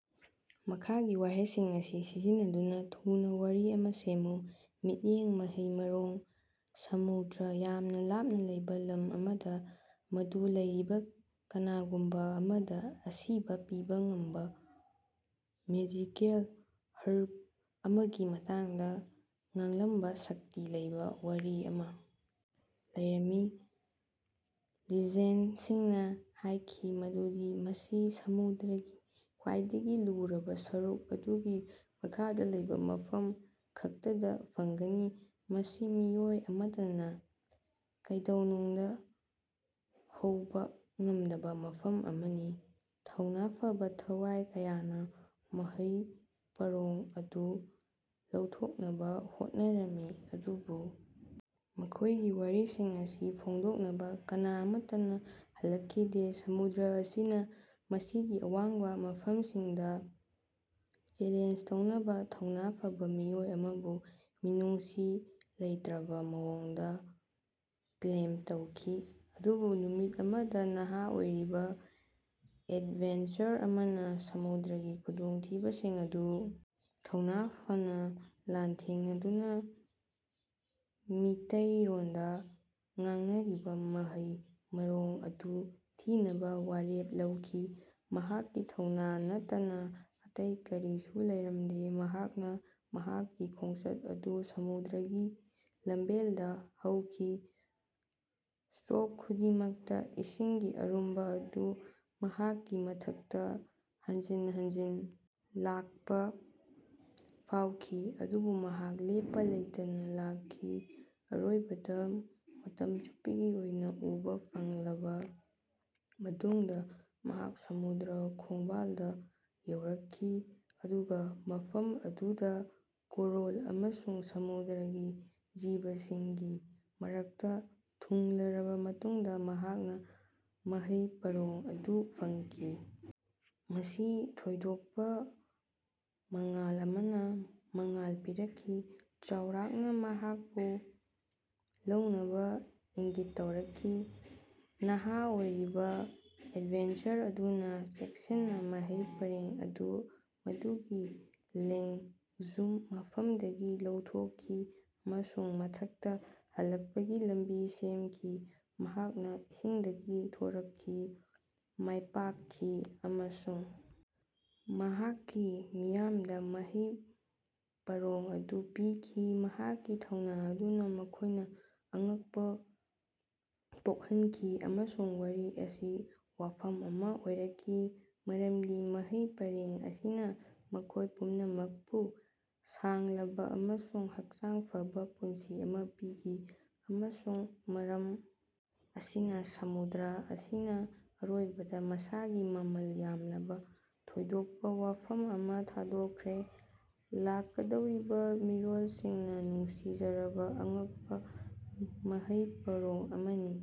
ꯃꯈꯥꯒꯤ ꯋꯥꯍꯩꯁꯤꯡ ꯑꯁꯤ ꯁꯤꯖꯤꯟꯅꯗꯨꯅ ꯊꯨꯅ ꯋꯥꯔꯤ ꯑꯃ ꯁꯦꯝꯃꯨ ꯃꯤꯠꯌꯦꯡ ꯃꯍꯩ ꯃꯔꯣꯡ ꯁꯃꯨꯗ꯭ꯔ ꯌꯥꯝꯅ ꯂꯥꯞꯅ ꯂꯩꯕ ꯂꯝ ꯑꯃꯗ ꯃꯗꯨ ꯂꯩꯔꯤꯕ ꯀꯅꯥꯒꯨꯝꯕ ꯑꯃꯗ ꯑꯁꯤꯕ ꯄꯤꯕ ꯉꯝꯕ ꯃꯦꯖꯤꯀꯦꯜ ꯍꯔꯕ ꯑꯃꯒꯤ ꯃꯇꯥꯡꯗ ꯉꯥꯡꯂꯝꯕ ꯁꯛꯇꯤ ꯂꯩꯕ ꯋꯥꯔꯤ ꯑꯃ ꯂꯩꯔꯝꯃꯤ꯫ ꯂꯤꯖꯦꯟꯗꯁꯤꯡꯅ ꯍꯥꯏꯈꯤ ꯃꯗꯨꯗꯤ ꯃꯁꯤ ꯁꯃꯨꯗ꯭ꯔꯒꯤ ꯈ꯭ꯋꯥꯏꯗꯒꯤ ꯂꯨꯔꯕ ꯁꯔꯨꯛ ꯑꯗꯨꯒꯤ ꯃꯈꯥꯗ ꯂꯩꯕ ꯃꯐꯝ ꯈꯛꯇꯗ ꯐꯪꯒꯅꯤ ꯃꯁꯤ ꯃꯤꯑꯣꯏ ꯑꯃꯠꯇꯅ ꯀꯩꯗꯧꯅꯨꯡꯗ ꯌꯧꯕ ꯉꯝꯗꯕ ꯃꯐꯝ ꯑꯃꯅꯤ꯫ ꯊꯧꯅ ꯐꯕꯥ ꯊꯋꯥꯏ ꯀꯌꯥꯅ ꯃꯍꯩ ꯃꯔꯣꯡ ꯑꯗꯨ ꯂꯧꯊꯣꯛꯅꯕ ꯍꯣꯠꯅꯔꯝꯃꯤ ꯑꯗꯨꯕꯨ ꯃꯈꯣꯏꯒꯤ ꯋꯥꯔꯤꯁꯤꯡ ꯑꯗꯨ ꯐꯣꯡꯗꯣꯛꯅꯕ ꯀꯅꯥ ꯑꯃꯠꯇꯅ ꯍꯜꯂꯛꯈꯤꯗꯦ꯫ ꯁꯃꯨꯗ꯭ꯔ ꯑꯁꯤꯅ ꯃꯁꯤꯒꯤ ꯑꯋꯥꯡꯕ ꯃꯐꯝꯁꯤꯡꯗ ꯆꯦꯂꯦꯟꯖ ꯇꯧꯅꯕ ꯊꯧꯅ ꯐꯕꯥ ꯃꯤꯑꯣꯏ ꯑꯃꯕꯨ ꯃꯤꯅꯨꯡꯁꯤ ꯂꯩꯇ꯭ꯔꯕ ꯃꯑꯣꯡꯗ ꯀ꯭ꯂꯦꯝ ꯇꯧꯈꯤ꯫ ꯑꯗꯨꯕꯨ ꯅꯨꯃꯤꯠ ꯑꯃꯗ ꯅꯍꯥ ꯑꯣꯏꯔꯤꯕ ꯑꯦꯗꯚꯦꯟꯆꯔ ꯑꯃꯅ ꯁꯃꯨꯗ꯭ꯔꯒꯤ ꯈꯨꯗꯣꯡꯊꯤꯕꯁꯤꯡ ꯑꯗꯨ ꯊꯧꯅ ꯐꯅꯥ ꯂꯥꯟꯊꯦꯡꯅꯗꯨꯅ ꯃꯤꯇꯩꯔꯣꯟꯗ ꯉꯥꯡꯅꯔꯤꯕ ꯃꯍꯩ ꯃꯔꯣꯡ ꯑꯗꯨ ꯊꯤꯅꯕ ꯋꯥꯔꯦꯞ ꯂꯧꯈꯤ꯫ ꯃꯍꯥꯛꯀꯤ ꯊꯧꯅ ꯅꯠꯇꯅ ꯑꯇꯩ ꯀꯔꯤꯁꯨ ꯂꯩꯔꯝꯗꯦ ꯃꯍꯥꯛꯅ ꯃꯍꯥꯛꯀꯤ ꯈꯣꯡꯆꯠ ꯑꯗꯨ ꯁꯃꯨꯗ꯭ꯔꯒꯤ ꯂꯝꯕꯦꯜꯗ ꯍꯧꯈꯤ꯫ ꯁꯇꯔꯣꯛ ꯈꯨꯗꯤꯡꯃꯛꯇ ꯏꯁꯤꯡꯒꯤ ꯑꯔꯨꯝꯕ ꯑꯗꯨ ꯃꯍꯥꯛꯀꯤ ꯃꯊꯛꯇ ꯍꯟꯖꯤꯟ ꯍꯟꯖꯤꯟ ꯂꯥꯛꯄ ꯐꯥꯎꯈꯤ ꯑꯗꯨꯕꯨ ꯃꯍꯥꯛ ꯂꯦꯞꯄ ꯂꯩꯇꯅ ꯂꯥꯛꯈꯤ꯫ ꯑꯔꯣꯏꯕꯗ ꯃꯇꯝ ꯆꯨꯞꯄꯒꯤ ꯑꯣꯏꯅ ꯎꯕꯥ ꯐꯪꯂꯕ ꯃꯇꯨꯡꯗ ꯃꯍꯥꯛ ꯁꯃꯨꯗ꯭ꯔ ꯈꯣꯡꯕꯥꯜꯗ ꯌꯧꯔꯛꯈꯤ꯫ ꯑꯗꯨꯒ ꯃꯐꯝ ꯑꯗꯨꯗ ꯀꯣꯔꯜ ꯑꯃꯁꯨꯡ ꯁꯃꯨꯗ꯭ꯔꯒꯤ ꯖꯤꯕꯁꯤꯡꯒꯤ ꯃꯔꯛꯇ ꯊꯨꯡꯂꯔꯕ ꯃꯇꯨꯡꯗ ꯃꯍꯥꯛꯅ ꯃꯍꯩ ꯃꯔꯣꯡ ꯑꯗꯨ ꯐꯪꯈꯤ꯫ ꯃꯁꯤ ꯊꯣꯏꯗꯣꯛꯄ ꯃꯉꯥꯜ ꯑꯃꯅ ꯃꯉꯥꯜ ꯄꯤꯔꯛꯈꯤ ꯆꯥꯎꯔꯥꯛꯅ ꯃꯍꯥꯛꯄꯨ ꯂꯧꯅꯕ ꯏꯪꯒꯤꯠ ꯇꯧꯔꯛꯈꯤ꯫ ꯅꯍꯥ ꯑꯣꯏꯔꯤꯕ ꯑꯦꯗꯚꯦꯟꯆꯔ ꯑꯗꯨꯅ ꯆꯦꯛꯁꯤꯟꯅ ꯃꯍꯩ ꯃꯔꯣꯡ ꯑꯗꯨ ꯃꯗꯨꯒꯤ ꯂꯦꯡꯖꯨꯝ ꯃꯐꯝꯗꯒꯤ ꯂꯧꯊꯣꯛꯈꯤ ꯑꯃꯁꯨꯡ ꯃꯊꯛꯇ ꯍꯜꯂꯛꯄꯒꯤ ꯂꯝꯕꯤ ꯁꯦꯝꯈꯤ꯫ ꯃꯍꯥꯛꯅ ꯏꯁꯤꯡꯗꯒꯤ ꯊꯣꯔꯛꯈꯤ ꯃꯥꯏꯄꯥꯛꯈꯤ ꯑꯃꯁꯨꯡ ꯃꯍꯥꯛꯀꯤ ꯃꯤꯌꯥꯝꯗ ꯃꯍꯩ ꯃꯔꯣꯡ ꯑꯗꯨ ꯄꯤꯈꯤ꯫ ꯃꯍꯥꯛꯀꯤ ꯊꯧꯅ ꯑꯗꯨꯅ ꯃꯈꯣꯏꯅ ꯑꯉꯛꯄ ꯄꯣꯛꯍꯟꯈꯤ ꯑꯃꯁꯨꯡ ꯋꯥꯔꯤ ꯑꯁꯤ ꯋꯥꯐꯝ ꯑꯃ ꯑꯣꯏꯔꯛꯈꯤ ꯃꯔꯝꯗꯤ ꯃꯍꯩ ꯃꯔꯣꯡ ꯑꯁꯤꯅ ꯃꯈꯣꯏ ꯄꯨꯝꯅꯃꯛꯄꯨ ꯁꯥꯡꯂꯕ ꯑꯃꯁꯨꯡ ꯍꯛꯆꯥꯡ ꯐꯕꯥ ꯄꯨꯟꯁꯤ ꯑꯃ ꯄꯤꯈꯤ꯫ ꯑꯃꯁꯨꯡ ꯃꯔꯝ ꯑꯁꯤꯅ ꯁꯃꯨꯗ꯭ꯔ ꯑꯁꯤꯅ ꯑꯔꯣꯏꯕꯗ ꯃꯁꯥꯒꯤ ꯃꯃꯜ ꯌꯥꯝꯂꯕ ꯊꯣꯏꯗꯣꯛꯄ ꯋꯥꯐꯝ ꯑꯃ ꯊꯥꯗꯣꯛꯈ꯭ꯔꯦ ꯂꯥꯛꯀꯗꯧꯔꯤꯕ ꯃꯤꯔꯣꯜꯁꯤꯡꯅ ꯅꯨꯡꯁꯤꯖꯔꯕ ꯑꯉꯛꯄ ꯃꯍꯩ ꯃꯔꯣꯡ ꯑꯃꯅꯤ